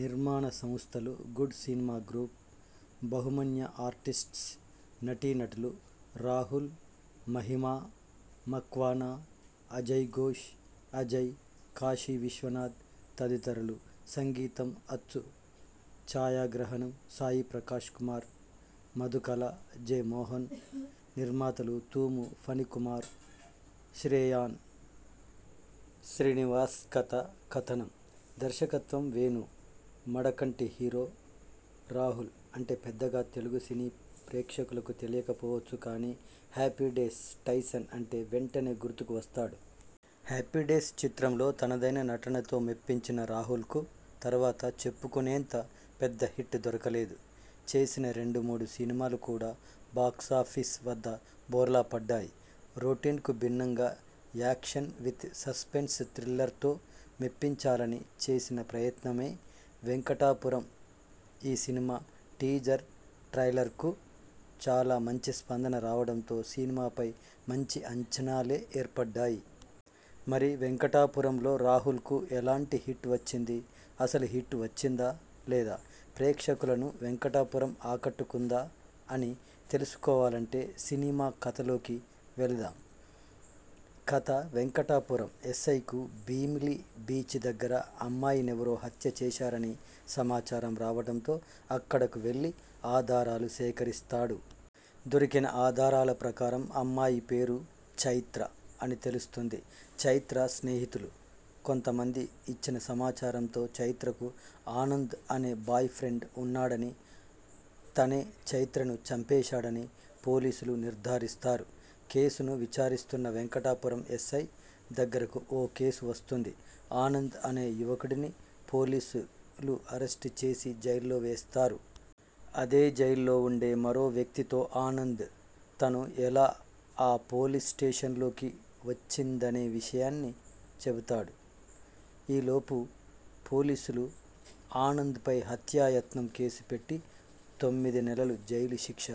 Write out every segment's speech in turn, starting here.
నిర్మాణ సంస్థలు good cinema group, Bahumanya artists, నటి ,నటులు రాహుల్, మహిమా మక్వానా, అజయ్ఘోష్, అజయ్, కాశీ విశ్వనాథ్ తదితరులు సంగీతం అచ్చు ఛాయాగ్రహణం సాయిప్రకాష్ కుమార్ మధుకళ జె. మోహన్ నిర్మాతలు తూము ఫణికుమార్, శ్రేయాస్ శ్రీనివాస్కథ, కథనం, దర్శకత్వం వేణు మడికంటి హీరో రాహుల్ అంటే పెద్దగా తెలుగు సినీ ప్రేక్షకులకు తెలియక పోవచ్చు కానీ, హ్యాపీడేస్ టైసన్ అంటే వెంటనే గుర్తుకు వస్తాడు. హ్యాపీడేస్ చిత్రంలో తనదైన నటనతో మెప్పించిన రాహుల్కు తర్వాత చెప్పుకునేంత పెద్ద హిట్ దొరకలేదు. చేసిన రెండు మూడు సినిమాలు కూడా బాక్సాఫీస్ వద్ద బోర్లా పడ్డాయి. రొటీన్కు భిన్నంగా యాక్షన్ విత్ సస్పెన్స్ థ్రిల్లర్తో మెప్పించాలని చేసిన ప్రయత్నమే వెంకటాపురం. ఈ సినిమా టీజర్, ట్రైలర్కు చాలా మంచి స్పందన రావడంతో సినిమాపై మంచి అంచనాలే ఏర్పడ్డాయి. మరి వెంకటాపురంతో రాహుల్కు ఎలాంటి హిట్ వచ్చింది? అసలు హిట్ వచ్చిందా? లేదా? ప్రేక్షకులను వెంకటాపురం ఆకట్టుకుందా? అని తెలుసు కోవాలంటే సినిమా కథలోకి వెళదాం కథ వెంకటాపురం ఎస్సైకు భీమిలి బీచ్ దగ్గర అమ్మాయినెవరో హత్య చేశారని సమాచారం రావడంతో అక్కడకు వెళ్ళి ఆధారాలు సేకరిస్తాడు. దొరికిన ఆధారాల ప్రకారం అమ్మాయి పేరు ఛైత్ర అని తెలుస్తుంది. ఛైత్ర స్నేహితులు కొంత మంది ఇచ్చిన సమాచారంతో ఛైత్రకు ఆనంద్ అనే బాయ్ఫ్రెండ్ ఉన్నాడని, తనే ఛైత్రను చంపేశాడని పోలీసులు నిర్దారిస్తారు. కేసును విచారిస్తున్న వెంకటాపురం ఎస్సై దగ్గరకు ఓ కేసు వస్తుంది. ఆనంద్ అనే యువకుడిని పోలీసులు అరెస్ట్ చేసి జైల్లో వేస్తారు. అదే జైల్లో ఉండే మరో వ్యక్తితో ఆనంద్ తను ఎలా ఆ పోలీస్ స్టేషన్లోకి వచ్చిందనే విషయాన్ని చెబుతాడు. ఈ లోపు పోలీసులు ఆనంద్పై హత్యాయత్నం కేసు పెట్టి తొమ్మిది నెలలు జైలు శిక్ష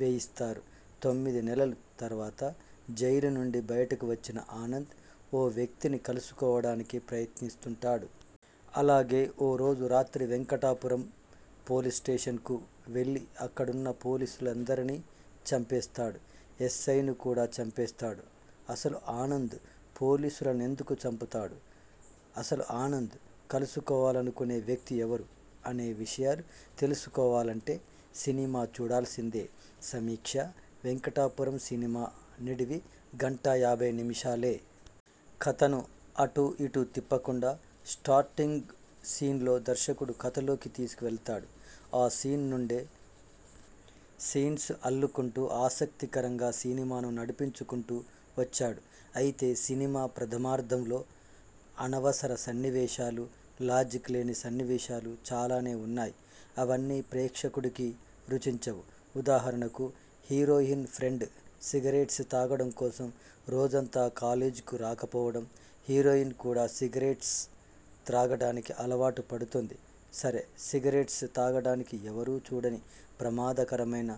వేయిస్తారు. తొమ్మిది నెలలు తర్వాత జైలు నుండి బయటకు వచ్చిన ఆనంద్, ఓ వ్యక్తిని కలుసుకోవడానికి ప్రయత్నిస్తుంటాడు. అలాగే ఓ రోజు రాత్రి వెంకటాపురం పోలీస్ స్టేషన్కు వెళ్ళి అక్కడున్న పోలీసులందరినీ చంపేస్తాడు. ఎస్సైను కూడా చంపేస్తాడు. అసలు ఆనంద్ పోలీసులనెందుకు చంపుతాడు? అసలు ఆనంద్ కలుసుకోవాలనుకునే వ్యక్తి ఎవరు? అనే విషయాలు తెలుసుకోవాలంటే సినిమా చూడాల్సిందే సమీక్ష 'వెంకటాపురం' సినిమా నిడివి గంట యాబై నిమిషాలే. కథను అటు ఇటు తిప్పకుండా స్టార్టింగ్ సీన్లో దర్శకుడు కథలోకి తీసుకెళతాడు. ఆ సీన్ నుండే సీన్స్ను అల్లుకుంటూ, ఆసక్తి కరంగా సినిమాను నడింపిచుకుంటూ వచ్చాడు. అయితే సినిమా ప్రథమార్థంలో అనవసర సన్నివేశాలు, లాజిక్ లేని సన్నివేశాలు చాలానే ఉన్నాయి. అవన్నీ ప్రేక్షకుడికి రుచించవు. ఉదాహరణకు హీరోయిన్ ఫ్రెండ్స్ సిగరెట్స్ తాగడం కోసం రోజంతా కాలేజ్కు రాకపోవడం, హీరోయిన్ కూడా సిగరెట్స్ త్రాగడానికి అలవాటు పడుతుంది సరే సిగరెట్స్ తాగడానికి ఎవరూ చూడని ప్రమాద కరమైన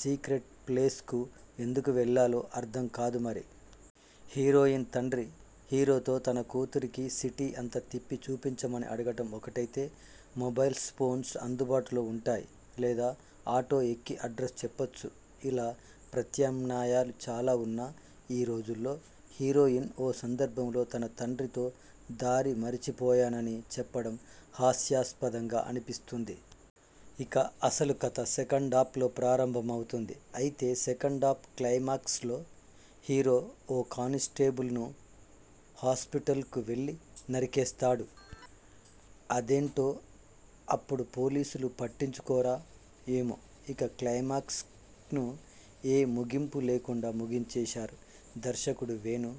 సీక్రెట్ ప్లేస్కు ఎందుకు వెళ్ళాలో అర్థం కాదు మరి. హీరోయిన్ తండ్రి హీరోతో తన కూతురికి సిటీ అంతా తిప్పి చూపించమని అడగటం ఒకటైతే, మొబైల్ఫోన్స్ అందుబాటులో ఉంటాయి. లేదా ఆటో ఎక్కి అడ్రస్ చెప్పొచ్చు ఇలా ప్రత్యామ్నాయాలు చాలా ఉన్న ఈ రోజుల్లో హీరోయిన్ ఓ సందర్భంలో తన తండ్రితో దారి మరచిపోయానని చెప్పడం హాస్యాస్పదంగా అనిపిస్తుంది. ఇక అసలు కథ సెకండాఫ్లో ప్రారంభం అవుతుంది. అయితే సెకండాఫ్ క్లైమాక్స్లో హీరో ఓ కానిస్టేబుల్ను హాస్పిటల్కు వెళ్లి నరికేస్తాడు. అదేంటో అప్పుడు పోలీసులు పట్టించుకోరా ఏమో ఇక క్లైమాక్స్ను ఏ ముగింపు లేకుండా ముగించేశారు. దర్శకుడు వేణు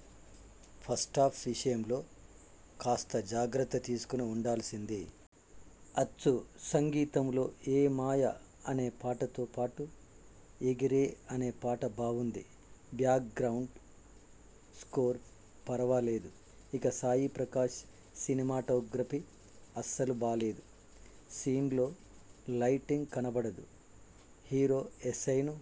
ఫస్టాఫ్ విషయంలో కాస్తా జాగ్రత్త తీసుకుని ఉండాల్సింది. అచ్చు సంగీతంలో ఏ మాయ అనే పాటతో పాటు ఎగిరే అనే పాట బావుంది. బ్యాక్గ్రౌండ్ స్కోర్ పరావాలేదు. ఇక సాయి ప్రకాష్ సినిమాటోగ్రఫీ అస్సలు బాలేదు. సీన్స్లో లైటింగ్ కనపడదు హీరో, ఎస్సైను